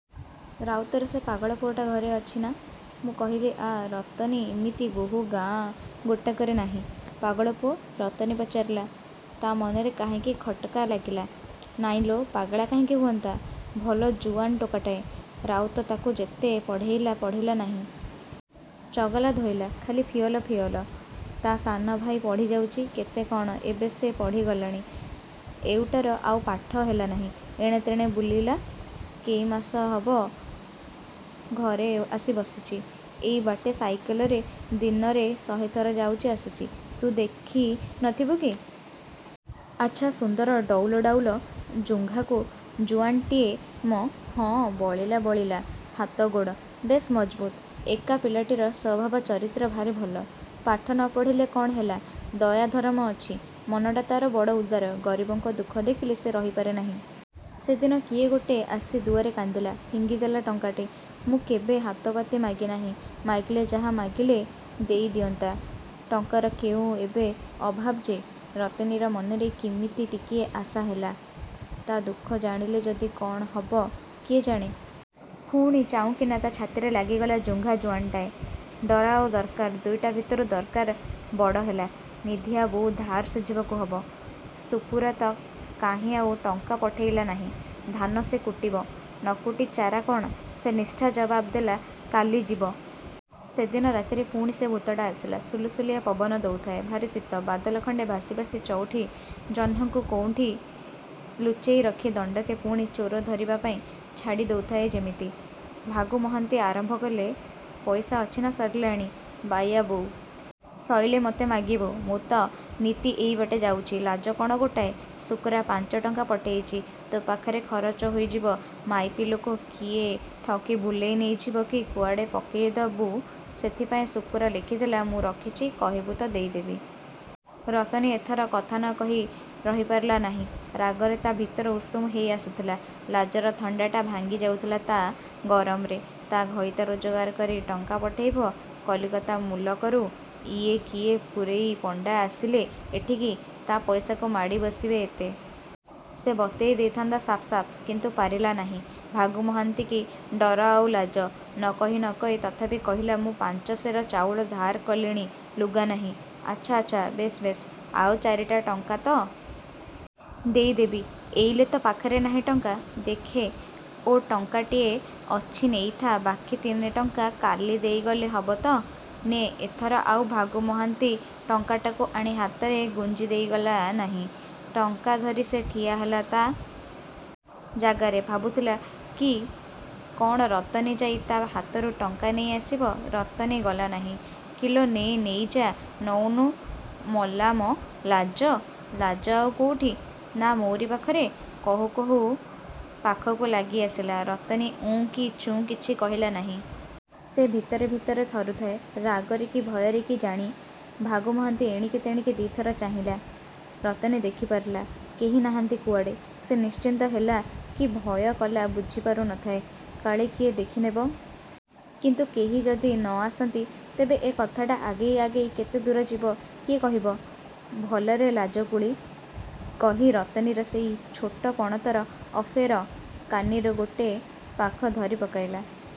ରାଉତର ସେ ପାଗଳା ପୁଅଟା ଘରେ ଅଛିନା। ମୁଁ କହିଲି ଆଃ ରତନୀ ଇମିତି ବହୂ ଗାଁ ଗୋଟାକରେ ନାହିଁ। ''ପାଗଳା ପୁଅ? '' ରତନୀ ପଚାରିଲା। ତା' ମନରେ କାହିଁକି ଖଟକା ଲାଗିଲା। ''ନାଇଁଲୋ, ପାଗଳା କାହିଁକି ହୁଅନ୍ତା। ଭଲ ଜୁଆନ୍ ଟୋକାଟାଏ। ରାଉତ ତାକୁ ଯେତେ ପଢ଼େଇଲା ପଢ଼ିଲା ନାହିଁ। ଚଗଲା ଧଇଲା। ଖାଲି ଫିଅଲ ଫିଅଲ। ତା' ସାନ ଭାଇ ପଢ଼ିଯାଉଚି କେତେ କ'ଣ ଏବେ ସେ ପଢ଼ିଗଲାଣି। ଏଉଟାର ଆଉ ପାଠ ହେଲାନାହିଁ। ଏଣେତେଣେ ବୁଲିଲା। କେଇମାସ ହବ ଘରେ ଆସି ବସିଚି। ଏଇ ବାଟେ ସାଇକଲରେ ଦିନରେ ଶହେ ଥର ଯାଉଚି ଆସୁଚି, ତୁ ଦେଖି ନଥିବୁ କି। ଆଚ୍ଛା ସୁନ୍ଦର ଡଉଲ ଡାଉଲ ଜୁଙ୍ଘାକୁ ଜୁଆନ୍ଟିଏ ମ! ହଁ ବଳିଲା ବଳିଲା ହାତ ଗୋଡ଼, ବେଶ୍ ମଜବୁତ୍। ଏକା ପିଲାଟିର ସ୍ୱଭାବ ଚରିତ୍ର ଭାରି ଭଲ। ପାଠ ନପଢ଼ିଲେ କ'ଣ ହେଲା ଦୟା ଧରମ ଅଛି। ମନଟା ତା'ର ବଡ଼ ଉଦାର। ଗରିବଙ୍କ ଦୁଃଖ ଦେଖିଲେ ସେ ରହିପାରେ ନାହିଁ। ସେଦିନ କିଏ ଗୋଟେ ଆସି ଦୁଆରେ କାନ୍ଦିଲା। ଫିଙ୍ଗି ଦେଲା ଟଙ୍କାଟେ। ମୁଁ କେବେ ହାତପାତି ମାଗିନାହିଁ। ମାଗିଲେ ଯାହା ମାଗିଲେ ଦେଇ ଦିଅନ୍ତା। ଟଙ୍କାର କେଉଁ ଏବେ ଅଭାବ ଯେ। ରତନୀର ମନରେ କିମିତି ଟିକିଏ ଆଶା ହେଲା। ତା' ଦୁଃଖ ଜାଣିଲେ ଯଦି କ'ଣ ହବ କିଏ ଜାଣେ। ପୁଣି ଚାଉଁକିନା ତା' ଛାତିରେ ଲାଗିଗଲା ଜୁଙ୍ଘା ଜୁଆନ୍ଟାଏ। ଡର ଆଉ ଦରକାର, ଦୁଇଟା ଭିତରୁ ଦରକାର ବଡ଼ ହେଲା। ନିଧିଆ ବୋଉ ଧାର ଶୁଝିବାକୁ ହବ। ଶୁକୁରାତ କାହିଁ ଆଉ ଟଙ୍କା ପଠେଇଲା ନାହିଁ। ଧାନ ସେ କୁଟିବ, ନକୁଟି ଚାରା କ'ଣ! ସେ ନିଷ୍ଠା ଜବାବ ଦେଲା କାଲି ଯିବ। ସେଦିନ ରାତିରେ ପୁଣି ସେ ଭୂତଟା ଆସିଲା। ସୁଲୁସୁଲିଆ ପବନ ଦଉଥାଏ। ଭାରି ଶୀତ। ବାଦଲ ଖଣ୍ଡେ ଭାସି ଭାସି ଚଉଠି ଜହ୍ନକୁ କୋଉଠିଁ ଲୁଚେଇ ରଖି ଦଣ୍ଡକେ ପୁଣି ଚୋର ଧରିବାପାଇଁ ଛାଡ଼ି ଦଉଥାଏ ଯେମିତି। ଭାଗୁ ମହାନ୍ତି ଆରମ୍ଭ କଲେ ''ପଇସା ଅଛି ନା ସରିଲାଣି, ବାଇୟା ବୋଉ? ସଇଲେ ମୋତେ ମାଗିବୁ। ମୁଁ ତ ନିତି ଏଇବାଟେ ଯାଉଚି। ଲାଜ କ'ଣ ଗୋଟାଏ? ଶୁକୁରା ପାଞ୍ଚ ଟଙ୍କା ପଠେଇଚି। ତୋ ପାଖରେ ଖରଚ ହୋଇଯିବ ମାଇପି ଲୋକ କିଏ ଠକି ଭୁଲେଇ ନେଇଯିବ କି କୁଆଡ଼େ ପକେଇ ଦେବୁ ସେଥିପାଇଁ ଶୁକୁରା ଲେଖିଥିଲା, ମୁଁ ରଖିଚି କହିବୁ ତ ଦେଇଦେବି। ରତନୀ ଏଥର କଥା ନକହି ରହିପାରିଲା ନାହିଁ। ରାଗରେ ତା' ଭିତର ଉଷୁମ ହେଇ ଆସୁଥିଲା। ଲାଜର ଥଣ୍ଡାଟା ଭାଙ୍ଗି ଯାଉଥିଲା ତା' ଗରମରେ। ତା' ଘଇତା ରୋଜଗାର କରି ଟଙ୍କା ପଠେଇବ କଲିକତା ମୁଲକରୁ ଇଏ କିଏ ପୂରେଇ ପଣ୍ଡା ଆସିଲେ ଏଠିକି, ତା' ପଇସାକୁ ମାଡ଼ି ବସିବେ ଏତେ! ସେ ବତେଇ ଦେଇଥାନ୍ତା ସାଫ୍ସାଫ୍। କିନ୍ତୁ ପାରିଲା ନାହିଁ ଭାଗୁ ମହାନ୍ତିକି ଡର ଆଉ ଲାଜ। ନକହି ନକହି ତଥାପି କହିଲା ମୁଁ ପାଞ୍ଚ ସେର ଚାଉଳ ଧାର କଲିଣି ଲୁଗାନାହିଁ ।'' ''ଆଚ୍ଛା ଆଚ୍ଛା, ବେଶ୍ ବେଶ୍, ଆଉ ଚାରିଟା ଟଙ୍କା ତ? ଦେଇ ଦେବି। ଏଇଲେ ତ ପାଖରେ ନାହିଁ ଟଙ୍କା। ଦେଖେ ଓ ଟଙ୍କାଟିଏ ଅଛି ନେଇଥା ବାକି ତିନି ଟଙ୍କା କାଲି ଦେଇଗଲେ ହବ ତ? ନେ'' ଏଥର ଆଉ ଭାଗୁ ମହାନ୍ତି ଟଙ୍କାଟାକୁ ଆଣି ହାତରେ ଗୁଞ୍ଜି ଦେଇଗଲା ନାହିଁ। ଟଙ୍କା ଧରି ସେ ଠିଆ ହେଲା ତା'। ଜାଗାରେ। ଭାବୁଥିଲା କି କ'ଣ ରତନୀ ଯାଇ ତା' ହାତରୁ ଟଙ୍କା ନେଇ ଆସିବ। ରତନୀ ଗଲା ନାହିଁ। ''କିଲୋ ନେ ନେଇଯା ନଉନୁ ମଲାମ ଲାଜ। ଲାଜ ଆଉ କୋଉଠି, ନା ମୋରି ପାଖରେ'' କହୁ କହୁ ପାଖକୁ ଲାଗି ଆସିଲା। ରତନୀ ଉଁ କି ଚୁଁ କିଛି କହିଲା ନାହିଁ। ସେ ଭିତରେ ଭିତରେ ଥରୁଥାଏ। ରାଗରେ କି ଭୟରେ କି ଜାଣି! ଭାଗୁ ମହାନ୍ତି ଏଣିକି ତେଣିକି ଦି'ଥର ଚାହିଁଲା। ରତନୀ ଦେଖିପାରିଲା। କେହି ନାହାନ୍ତି କୁଆଡ଼େ। ସେ ନିଶ୍ଚିନ୍ତ ହେଲା କି ଭୟ କଲା ବୁଝି ପାରୁ ନଥାଏ। କାଳେ କିଏ ଦେଖି ନେବ। କିନ୍ତୁ କେହି ଯଦି ନ ଆସନ୍ତି ତେବେ ଏ କଥାଟା ଆଗେଇ ଆଗେଇ କେତେ ଦୂର ଯିବ କିଏ କହିବ। ''ଭଲାରେ ଲାଜକୁଳୀ! '' କହି ରତନୀର ସେଇ ଛୋଟ ପଣତର ଅଫେର କାନିରୁ ଗୋଟେ ପାଖ ଧରି ପକେଇଲା।